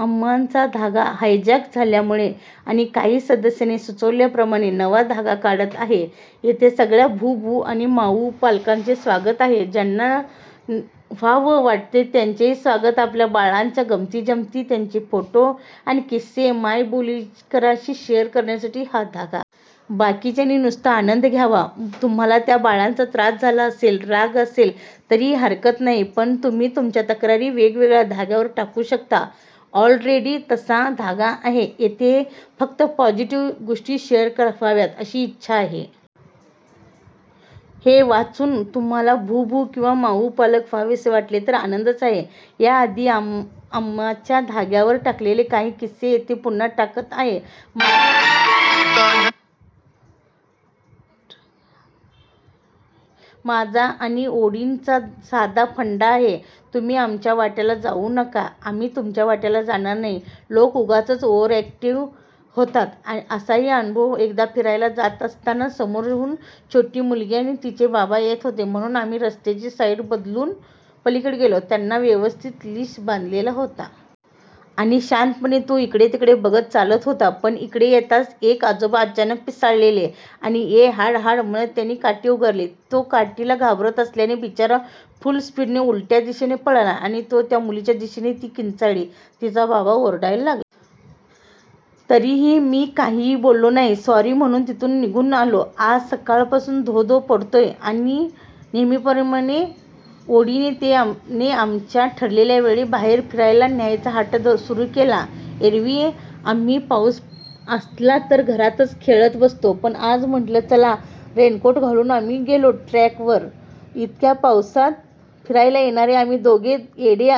अमांचा धागा हायजॅक झाल्यामुळे आणि काही सदस्यांनी सुचवल्याप्रमाणे नवा धागा काढत आहे. इथे सगळ्या भूभू आणि माऊ पालकांचे स्वागत आहे. ज्यांना व्हावं वाटतय त्यांचेही स्वागत आपल्या बाळांच्या गमंती जमती, त्यांचे फोटो आणि किस्से मायबोलीकरांशी शेअर करण्यासाठी हा धागा. बाकीच्यांनी नुसता आनंद घ्यावा. तुम्हाला त्या बाळांचा त्रास झाला असेल, राग असेल तरी हरकत नाही. पण तुम्ही तुमच्या तक्रारी वेगवेगळ्या धाग्यावर टाकू शकता. ऑलरेडी तसा धागा आहे. इथे फक्त पॉझीटीव्ह गोष्टीच शेअर व्हाव्यात अशी इच्छा आहे. हे वाचून तुम्हाला भूभू किंवा माऊ पालक व्हावेसे वाटले तर आनंदच आहे. या आधी अमांच्या धाग्यावर टाकलेले काही किस्से इथे पुन्हा टाकत आहे. माझा आणि ओडीन चा साधा फंडा आहे तुम्ही आमच्या वाट्याला जाऊ नका आम्ही तुमच्या वाट्याला जाणार नाही लोकं उगाचच ओव्हररिऍक्ट होतात असाही अनुभव एकदा फिरायला जात असताना समोरहून छोटी मुलगी आणि तिचे बाबा येत होते म्हणून आम्ही रस्त्याची साईड बदलून पलीकडे गेलो त्यांना व्यवस्थित लीश बांधलेला होता. आणि शांतपणे तो इकडे तिकडे बघत चालत होता पण इकडे येताच एक आजोबा अचानक, पिसाळलेले आणि ए हाड हाड म्हणत त्यांनी काठी उगारली तो काठीला घाबरत असल्याने बिचारा फुल स्पीडणे उलट्या दिशेला पळाला. तो त्या मुलीच्या दिशेने ती किंचाळली तिचा बाबा ओरडायला लागला. तरीही मी काही बोललो नाही. सॉरी म्हणून तिथून निघून आलो आज सकाळपासून धोधो पडतोय आणि नेहमीप्रमाणे ओडीन ने आमच्या ठरलेल्या वेळी बाहेर फिरायला न्यायचा हट्ट सुरू केला. एरवी आम्ही पाऊस असला तर घरातच खेळत बसतो पण आज म्हणलं चला रेनकोट घालून आम्ही गेलो ट्रँक वर इतक्या पावसात फिरायला येणारे आम्हीच दोघे येडे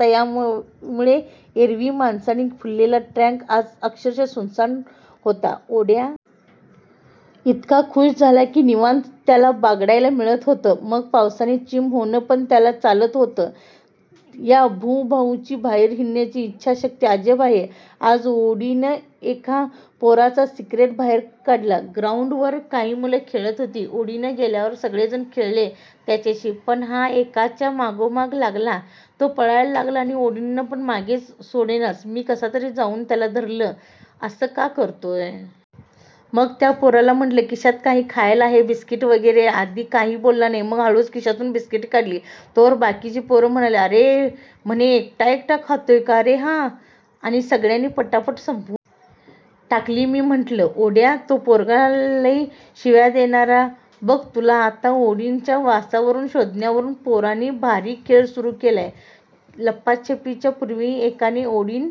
तयामुळे एरवी माणसांनी फुललेला ट्रँक आज अक्षरशः सुनसान होता.ओड्या इतका खुष झाला की निवांत त्याला बागडायला मिळत होत. मग पावसाने चिंब होणं पण त्याला चालत होत या भूभाऊंची बाहेर हिंडण्याची इच्छाशक्ती अजब आहे. आज ओडीन ने एका पोराचा सिक्रेट बाहेर काढलं. ग्राउंड वर काही मुलं खेळत होती, ओडीन गेल्यावर सगळे जण खेळले त्याच्याशी पण हा एकाच्या मागेमागे लागला, तो पळायला लागला तर ओडिन पण मागे, सोडेनाच मी कसातरी जाऊन त्याला धरलं. असं का करतोय? मग त्या पोराला म्हणलं खिशात काही खायला आहे बिस्कीट वगैर आधी काही बोलला नाही मग हळूच खिशातून बिस्किटे काढली तोवर बाकीची पोरं म्हणाली अरे म्हणे एकटा एकटा खातोय का रे आणि सगळ्यानी पटापट संपवून टाकली मी म्हणलं, ओड्या तो पोरगा लै शिव्या देणार बघ तूला आता ओडीनच्या वासावरून, शोधण्यावरून पोराने भारी खेळ सुरू केलाय, लपाछपी चा पूर्वी एकाने ओडीन--